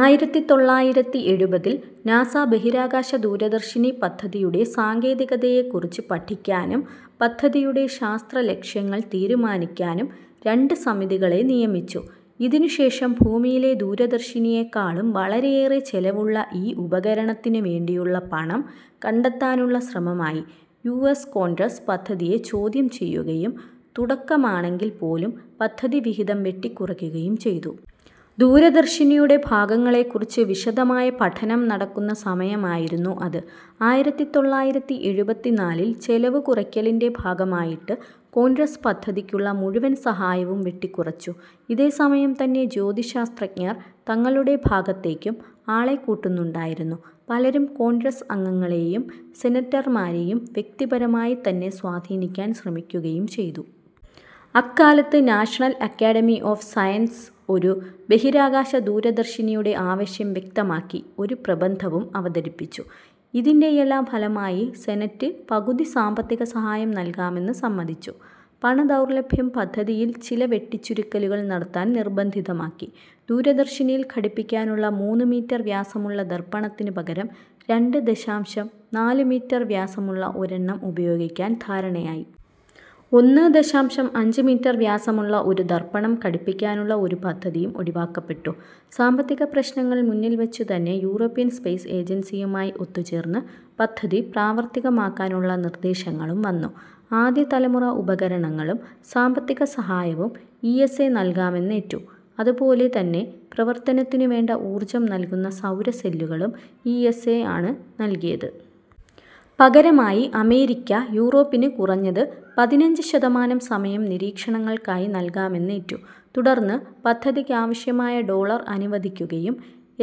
ആയിരത്തി തൊള്ളായിരത്തി എഴുപതിൽ നാസ ബഹിരാകാശ ദൂരദർശിനി പദ്ധതിയുടെ സാങ്കേതികതയെക്കുറിച്ച് പഠിക്കാനും, പദ്ധതിയുടെ ശാസ്ത്രലക്ഷ്യങ്ങൾ തീരുമാനിക്കാനും രണ്ട് സമിതികളെ നിയമിച്ചു. ഇതിനുശേഷം ഭൂമിയിലെ ദൂരദർശിനിയെക്കാളും വളരെയേറെ ചെലവുള്ള ഈ ഉപകരണത്തിനുവേണ്ടിയുള്ള പണം കണ്ടെത്താനുള്ള ശ്രമമായി. യു എസ് കോൺഗ്രസ് പദ്ധതിയെ ചോദ്യം ചെയ്യുകയും, തുടക്കമാണെങ്കിൽപോലും പദ്ധതി വിഹിതം വെട്ടിക്കുറയ്ക്കുകയും ചെയ്തു. ദൂരദർശിനിയുടെ ഭാഗങ്ങളെക്കുറിച്ച് വിശദമായ പഠനം നടക്കുന്ന സമയമായിരുന്നു അത്. ആയിരത്തി തൊള്ളായിരത്തി എഴുപത്തിനാലിൽ ചെലവുകുറയ്ക്കലിൻ്റെ ഭാഗമായിട്ട് കോൺഗ്രസ് പദ്ധതിക്കുള്ള മുഴുവൻ സഹായവും വെട്ടിക്കുറച്ചു. ഇതേസമയം തന്നെ ജ്യോതിശാസ്ത്രജ്ഞർ തങ്ങളുടെ ഭാഗത്തേക്കും ആളെ കൂട്ടുന്നുണ്ടായിരുന്നു. പലരും കോൺഗ്രസ് അംഗങ്ങളെയും സെനറ്റർമാരെയും വ്യക്തിപരമായി തന്നെ സ്വാധീനിക്കാൻ ശ്രമിക്കുകയും ചെയ്തു. അക്കാലത്ത് നാഷണൽ അക്കാഡമി ഓഫ് സയൻസ് ഒരു ബഹിരാകാശ ദൂരദർശിനിയുടെ ആവശ്യം വ്യക്തമാക്കി ഒരു പ്രബന്ധവും അവതരിപ്പിച്ചു. ഇതിൻ്റെയെല്ലാം ഫലമായി സെനറ്റ് പകുതി സാമ്പത്തികസഹായം നൽകാമെന്ന് സമ്മതിച്ചു. പണദൗർലഭ്യം പദ്ധതിയിൽ ചില വെട്ടിച്ചുരുക്കലുകൾ നടത്താൻ നിർബന്ധിതമാക്കി. ദൂരദർശിനിയിൽ ഘടിപ്പിക്കാനുള്ള മൂന്ന് മീറ്റർ വ്യാസമുള്ള ദർപ്പണത്തിന് പകരം രണ്ട് ദശാംശം നാല് മീറ്റർ വ്യാസമുള്ള ഒരെണ്ണം ഉപയോഗിക്കാൻ ധാരണയായി. ഒന്ന് ദശാംശം അഞ്ച് മീറ്റർ വ്യാസമുള്ള ഒരു ദർപ്പണം ഘടിപ്പിക്കാനുള്ള ഒരു പദ്ധതിയും ഒഴിവാക്കപ്പെട്ടു. സാമ്പത്തിക പ്രശ്നങ്ങൾ മുന്നിൽ വച്ചുതന്നെ യൂറോപ്യൻ സ്പേസ് ഏജൻസിയുമായി ഒത്തുചേർന്ന് പദ്ധതി പ്രാവർത്തികമാക്കാനുള്ള നിർദ്ദേശങ്ങളും വന്നു. ആദ്യതലമുറ ഉപകരണങ്ങളും സാമ്പത്തികസഹായവും ഇ എസ് എ നൽകാമെന്നേറ്റു. അതുപോലെ തന്നെ, പ്രവർത്തനത്തിനുവേണ്ട ഊർജ്ജം നൽകുന്ന സൗരസെല്ലുകളും ഇ എസ് എ ആണ് നൽകിയത്. പകരമായി അമേരിക്ക യൂറോപ്പിന് കുറഞ്ഞത് പതിനഞ്ച് ശതമാനം സമയം നിരീക്ഷണങ്ങൾക്കായി നൽകാമെന്നേറ്റു. തുടർന്ന് പദ്ധതിക്ക് ആവശ്യമായ ഡോളർ അനുവദിക്കുകയും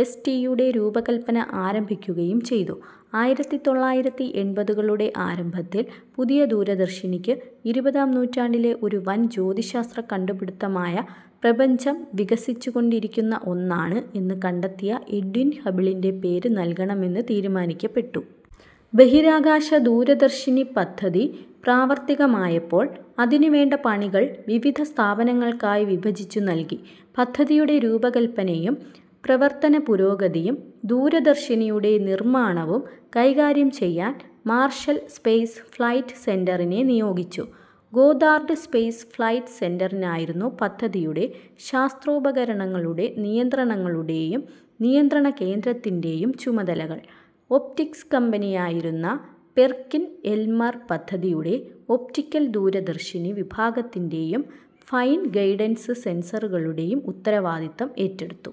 എസ് ടിയുടെ രൂപകല്പന ആരംഭിക്കുകയും ചെയ്തു. ആയിരത്തി തൊള്ളായിരത്തി എൺപതുകളുടെ ആരംഭത്തിൽ പുതിയ ദൂരദർശിനിക്ക്, ഇരുപതാം നൂറ്റാണ്ടിലെ ഒരു വൻ ജ്യോതിശാസ്ത്ര കണ്ടുപിടിത്തമായ "പ്രപഞ്ചം വികസിച്ചുകൊണ്ടിരിക്കുന്ന ഒന്നാണ്" എന്ന് കണ്ടെത്തിയ എഡ്വിൻ ഹബിളിൻ്റെ പേര് നൽകണമെന്ന് തീരുമാനിക്കപ്പെട്ടു. ബഹിരാകാശ ദൂരദർശിനി പദ്ധതി പ്രാവർത്തികമായപ്പോൾ, അതിനുവേണ്ട പണികൾ വിവിധ സ്ഥാപനങ്ങൾക്കായി വിഭജിച്ചു നൽകി. പദ്ധതിയുടെ രൂപകല്പനയും പ്രവർത്തനപുരോഗതിയും ദൂരദർശിനിയുടെ നിർമ്മാണവും കൈകാര്യം ചെയ്യാൻ മാർഷൽ സ്പേസ് ഫ്ലൈറ്റ് സെന്ററിനെ നിയോഗിച്ചു. ഗോദ്ദാർഡ് സ്പേസ് ഫ്ലൈറ്റ് സെന്ററിനായിരുന്നു പദ്ധതിയുടെ ശാസ്ത്രോപകരണങ്ങളുടെ നിയന്ത്രണങ്ങളുടെയും നിയന്ത്രണകേന്ദ്രത്തിൻ്റെയും ചുമതലകൾ. ഒപ്റ്റിക്സ് കമ്പനിയായിരുന്ന പെർക്കിൻ-എൽമർ പദ്ധതിയുടെ ഒപ്റ്റിക്കൽ ദൂരദർശിനി വിഭാഗത്തിൻ്റെയും ഫൈൻ ഗൈഡൻസ് സെൻസറുകളുടെയും ഉത്തരവാദിത്തം ഏറ്റെടുത്തു.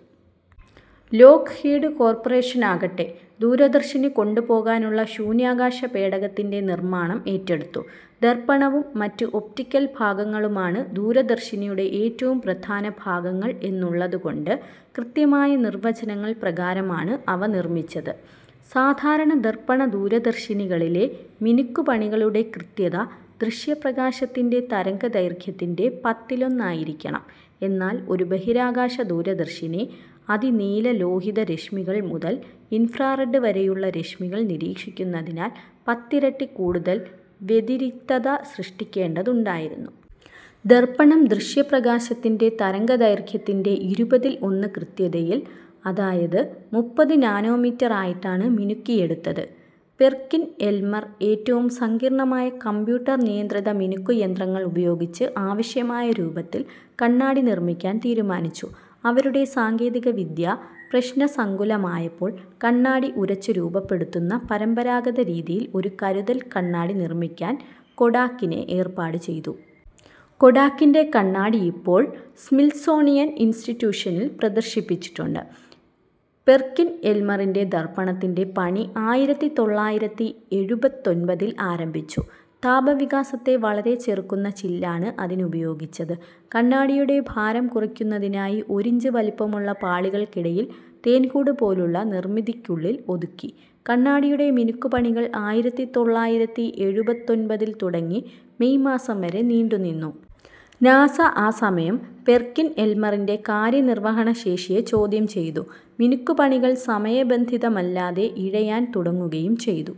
ലോക്ഹീഡ് കോർപ്പറേഷനാകട്ടെ ദൂരദർശിനി കൊണ്ടുപോകാനുള്ള ശൂന്യാകാശ പേടകത്തിൻ്റെ നിർമ്മാണം ഏറ്റെടുത്തു. ദർപ്പണവും മറ്റ് ഒപ്റ്റിക്കൽ ഭാഗങ്ങളുമാണ് ദൂരദർശിനിയുടെ ഏറ്റവും പ്രധാന ഭാഗങ്ങൾ എന്നുള്ളതുകൊണ്ട്, കൃത്യമായ നിർവ്വചനങ്ങൾ പ്രകാരമാണ് അവ നിർമ്മിച്ചത്. സാധാരണ ദർപ്പണ ദൂരദർശിനികളിലെ മിനുക്കുപണികളുടെ കൃത്യത ദൃശ്യപ്രകാശത്തിൻ്റെ തരംഗദൈർഘ്യത്തിൻ്റെ പത്തിലൊന്ന് ആയിരിക്കണം. എന്നാൽ ഒരു ബഹിരാകാശ ദൂരദർശിനി, അതിനീലലോഹിത രശ്മികൾ മുതൽ ഇൻഫ്രാറെഡ് വരെയുള്ള രശ്മികൾ നിരീക്ഷിക്കുന്നതിനാൽ പത്തിരട്ടി കൂടുതൽ വ്യതിരിക്തത സൃഷ്ടിക്കേണ്ടതുണ്ടായിരുന്നു. ദർപ്പണം ദൃശ്യപ്രകാശത്തിൻ്റെ തരംഗദൈർഘ്യത്തിൻ്റെ ഇരുപതിൽ ഒന്ന് കൃത്യതയിൽ, അതായത് മുപ്പത് നാനോമീറ്റർ ആയിട്ടാണ് മിനുക്കിയെടുത്തത്. പെർക്കിൻ-എൽമർ ഏറ്റവും സങ്കീർണ്ണമായ കമ്പ്യൂട്ടർ നിയന്ത്രിത മിനുക്കു യന്ത്രങ്ങൾ ഉപയോഗിച്ച് ആവശ്യമായ രൂപത്തിൽ കണ്ണാടി നിർമ്മിക്കാൻ തീരുമാനിച്ചു. അവരുടെ സാങ്കേതികവിദ്യ പ്രശ്നസങ്കുലമായപ്പോൾ, കണ്ണാടി ഉരച്ച് രൂപപ്പെടുത്തുന്ന പരമ്പരാഗത രീതിയിൽ ഒരു കരുതൽ കണ്ണാടി നിർമ്മിക്കാൻ കൊഡാക്കിനെ ഏർപ്പാട് ചെയ്തു. കൊഡാക്കിൻ്റെ കണ്ണാടി ഇപ്പോൾ സ്മിത്സോണിയൻ ഇൻസ്റ്റിറ്റ്യൂഷനിൽ പ്രദർശിപ്പിച്ചിട്ടുണ്ട്. പെർക്കിൻ-എൽമറിൻ്റെ ദർപ്പണത്തിൻ്റെ പണി ആയിരത്തി തൊള്ളായിരത്തി എഴുപത്തൊൻപതിൽ ആരംഭിച്ചു. താപവികാസത്തെ വളരെ ചെറുക്കുന്ന ചില്ലാണ് അതിനുപയോഗിച്ചത്. കണ്ണാടിയുടെ ഭാരം കുറയ്ക്കുന്നതിനായി ഒരിഞ്ച് വലിപ്പമുള്ള പാളികൾക്കിടയിൽ തേൻകൂട് പോലുള്ള നിർമ്മിതിക്കുള്ളിൽ ഒതുക്കി. കണ്ണാടിയുടെ മിനുക്കുപണികൾ ആയിരത്തി തൊള്ളായിരത്തി എഴുപത്തൊൻപതിൽ തുടങ്ങി മേയ് മാസം വരെ നീണ്ടുനിന്നു. നാസ ആ സമയം പെർക്കിൻ എൽമറിൻ്റെ കാര്യനിർവ്വഹണ ശേഷിയെ ചോദ്യം ചെയ്തു. മിനുക്കുപണികൾ സമയബന്ധിതമല്ലാതെ ഇഴയാൻ തുടങ്ങുകയും ചെയ്തു.